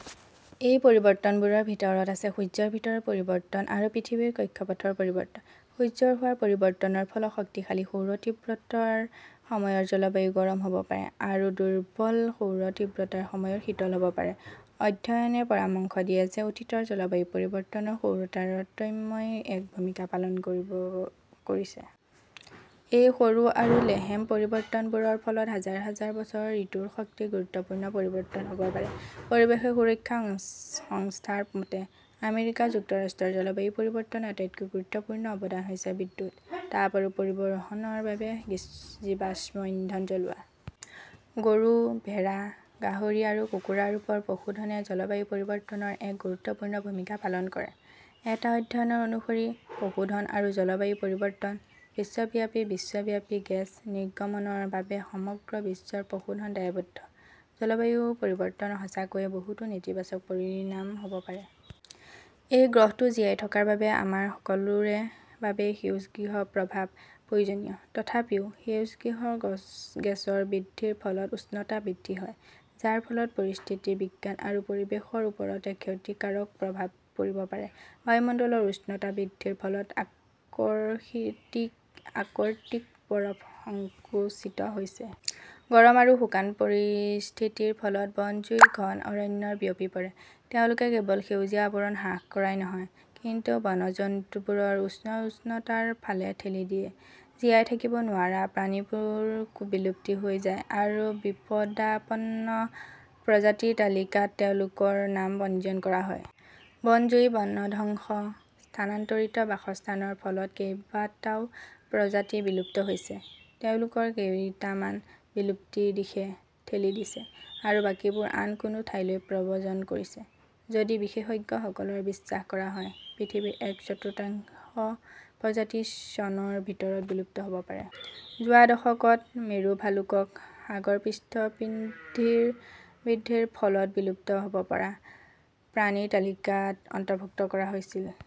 এই পৰিৱৰ্তনবোৰৰ ভিতৰত আছে সূৰ্যৰ ভিতৰত পৰিৱৰ্তন আৰু পৃথিৱীৰ কক্ষপথৰ পৰিৱৰ্তন। সূৰ্যত হোৱা পৰিৱৰ্তনৰ ফলত শক্তিশালী সৌৰ তীব্ৰতাৰ সময়ত জলবায়ু গৰম হ'ব পাৰে আৰু দুৰ্বল সৌৰ তীব্ৰতাৰ সময়ত শীতল হ'ব পাৰে। অধ্যয়নে পৰামৰ্শ দিয়ে যে অতীতৰ জলবায়ু পৰিৱৰ্তনত সৌৰ তাৰতম্যই এক ভূমিকা পালন কৰিছে। এই সৰু আৰু লেহেম পৰিৱৰ্তনবোৰৰ ফলত হাজাৰ হাজাৰ বছৰত ঋতুৰ শক্তিত গুৰুত্বপূৰ্ণ পৰিৱৰ্তন হ'ব পাৰে। পৰিৱেশ সুৰক্ষা সংস্থাৰ মতে, আমেৰিকা যুক্তৰাষ্ট্ৰত জলবায়ু পৰিৱৰ্তনত আটাইতকৈ গুৰুত্বপূৰ্ণ অৱদান হৈছে বিদ্যুৎ, তাপ আৰু পৰিবহনৰ বাবে জীৱাশ্ম ইন্ধন জ্বলোৱা। গৰু, ভেড়া, গাহৰি আৰু কুকুৰাৰ ৰূপত পশুধনে জলবায়ু পৰিৱৰ্তনত এক গুৰুত্বপূৰ্ণ ভূমিকা পালন কৰে। এটা অধ্যয়ন অনুসৰি, "পশুধন আৰু জলবায়ু পৰিৱৰ্তন", বিশ্বব্যাপী বিশ্বব্যাপী গেছ নিৰ্গমনৰ বাবে সমগ্ৰ বিশ্বৰ পশুধন দায়বদ্ধ। জলবায়ু পৰিৱৰ্তনৰ সঁচাকৈয়ে বহুতো নেতিবাচক পৰিণাম হ'ব পাৰে। এই গ্ৰহটোত জীয়াই থকাৰ বাবে আমাৰ সকলোৰে বাবে সেউজগৃহপ্ৰভাৱ প্ৰয়োজনীয়। তথাপিও, সেউজগৃহ গেছৰ বৃদ্ধিৰ ফলত উষ্ণতা বৃদ্ধি হয়, যাৰ ফলত পৰিস্থিতি বিজ্ঞান আৰু পৰিৱেশৰ ওপৰত ক্ষতিকাৰক প্ৰভাৱ পৰিব পাৰে। বায়ুমণ্ডলৰ উষ্ণতা বৃদ্ধিৰ ফলত আৰ্কটিক বৰফ সংকুচিত হৈছে। গৰম আৰু শুকান পৰিস্থিতিৰ ফলত বনজুই ঘন অৰণ্যত বিয়পি পৰে। তেওঁলোকে কেৱল সেউজীয়া আৱৰণ হ্ৰাস কৰাই নহয় কিন্তু বনজন্তুবোৰক উচ্চ উচ্চতাৰ ফালে ঠেলি দিয়ে। জীয়াই থাকিব নোৱাৰা প্ৰাণীবোৰ বিলুপ্ত হৈ যায় আৰু বিপদাপন্ন প্ৰজাতিৰ তালিকাত তেওঁলোকৰ নাম পঞ্জীয়ন কৰা হয়। বন জুই, বনধ্বংস, স্থানান্তৰিত বাসস্থানৰ ফলত কেইবাটাও প্ৰজাতি বিলুপ্ত হৈছে, তেওঁলোকৰ কেইটামান বিলুপ্তিৰ দিশে ঠেলি দিছে, আৰু বাকীবোৰ আন কোনো ঠাইলৈ প্ৰব্ৰজন কৰিছে। যদি বিশেষজ্ঞসকলক বিশ্বাস কৰা হয়, পৃথিৱীৰ এক-চতুৰ্থাংশ প্ৰজাতি চনৰ ভিতৰত বিলুপ্ত হ'ব পাৰে। যোৱা দশকত, মেৰু ভালুকক সাগৰপৃষ্ঠবৃদ্ধিৰ ফলত বিলুপ্ত হ'ব পৰা প্ৰাণীৰ তালিকাত অন্তৰ্ভুক্ত কৰা হৈছিল।